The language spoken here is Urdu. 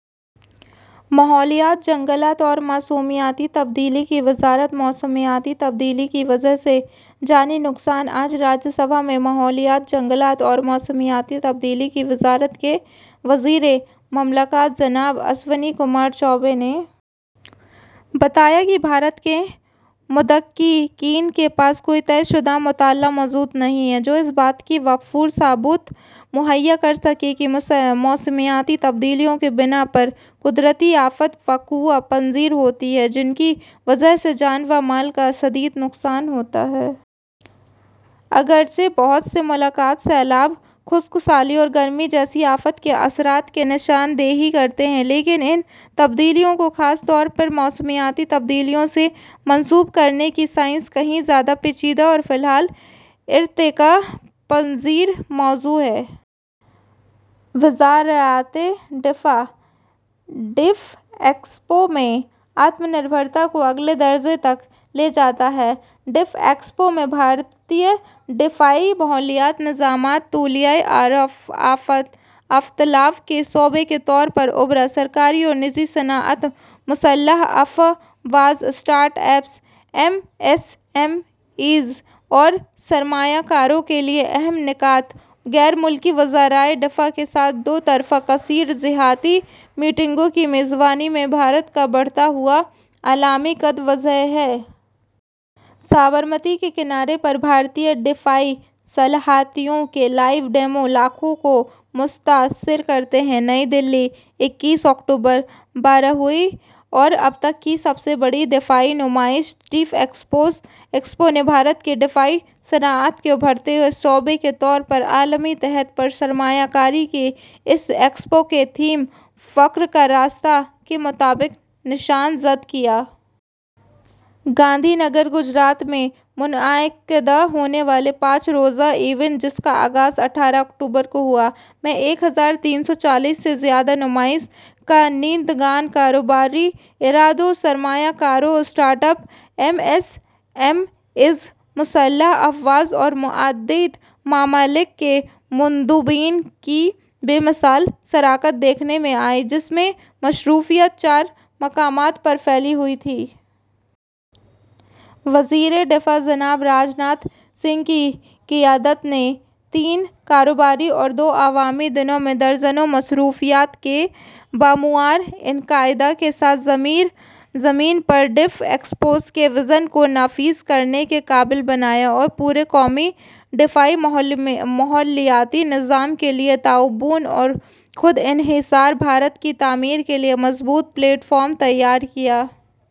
ماحولیات، جنگلات اور موسمیاتی تبدیلی کی وزارت موسمیاتی تبدیلی کی وجہ سے جانی نقصان آج راجیہ سبھا میں ماحولیات، جنگلات اور موسمیاتی تبدیلی کی وزارت کے وزیر مملکت جناب اشونی کمار چوبے نے بتایا کہ بھارت کے محققین کے پاس کوئی طے شدہ مطالعہ موجود نہیں ہے، جو اس بات کے وافر ثبوت مہیا کرسکے کہ موسمیاتی تبدیلیوں کی بنا پر قدرتی آفات وقوع پذیر ہوتی ہیں، جن کی وجہ سے جان و مال کا شدید نقصان ہوتا ہے۔ اگرچہ بہت سے مطالعات سیلاب، خشک سالی اور گرمی جیسی آفات کے اثرات کی نشاندہی کرتے ہیں، لیکن ان تبدیلیوں کو خاص طور پر موسمیاتی تبدیلیوں سے منسوب کرنے کی سائنس کہیں زیادہ پیچیدہ اور فی الحال ایک ارتقا پذیر موضوع ہے۔ وزارت دفاع ڈیف ایکسپو دفاع میں ’آتم نربھرتا‘ کو اگلے درجے تک لے جاتا ہے۔ ڈیف ایکسپو میں بھارتی دفاعی ماحولیاتی نظام طلوع آفتاب کے شعبے کے طور پر ابھرا۔ سرکاری اور نجی صنعت، مسلح افواج، startups, M S M Es اور سرمایہ کاروں کے لیے اہم نکات، غیر ملکی وزرائے دفاع کے ساتھ دو طرفہ اور کثیر جہتی میٹنگوں کی میزبانی میں بھارت کا بڑھتا ہوا عالمی قد واضح ہے۔ سابرمتی کے کناروں پر بھارتی دفاعی صلاحیتوں کے لائیو ڈیمو لاکھوں لوگوں کو متاثر کرتے ہیں۔ نئی دہلی، اکیس اکتوبر، بارہویں اور اب تک کی سب سے بڑی دفاعی نمائش ڈیف ایکسپو نے بھارت کی دفاعی صنعت کے ابھرتے ہوئے شعبے کے طور پر عالمی سطح پر سرمایہ کاری کے لیے اس ایکسپو کے تھیم ’فخر کا راستہ‘ کے مطابق نشان زد کیا ہے۔ گاندھی نگر، گجرات میں منعقد ہونے والے پانچ روزہ ایونٹ، جس کا آغاز اٹھارہ اکتوبر کو ہوا، میں ایک ہزار تین سو چالیس سے زیادہ نمائش کنندگان، کاروباری اداروں، سرمایہ کاروں، startups, M S M Es, مسلح افواج اور متعدد ممالک کے مندوبین کی بے مثال شرکت دیکھنے میں آئی، جس میں مصروفیات چار مقامات پر پھیلی ہوئی تھیں۔ وزیر دفاع جناب راج ناتھ سنگھ کی قیادت نے تین کاروباری اور دو عوامی دنوں میں درجنوں مصروفیات کے ہموار انعقاد کے ساتھ زمین پر ڈیف ایکسپو کے وژن کو نافذ کرنے کے قابل بنایا اور پورے قومی دفاعی ماحولیاتی نظام کے لیے تعاون اور خود انحصار بھارت کی تعمیر کے لیے مضبوط پلیٹ فارم تیار کیا۔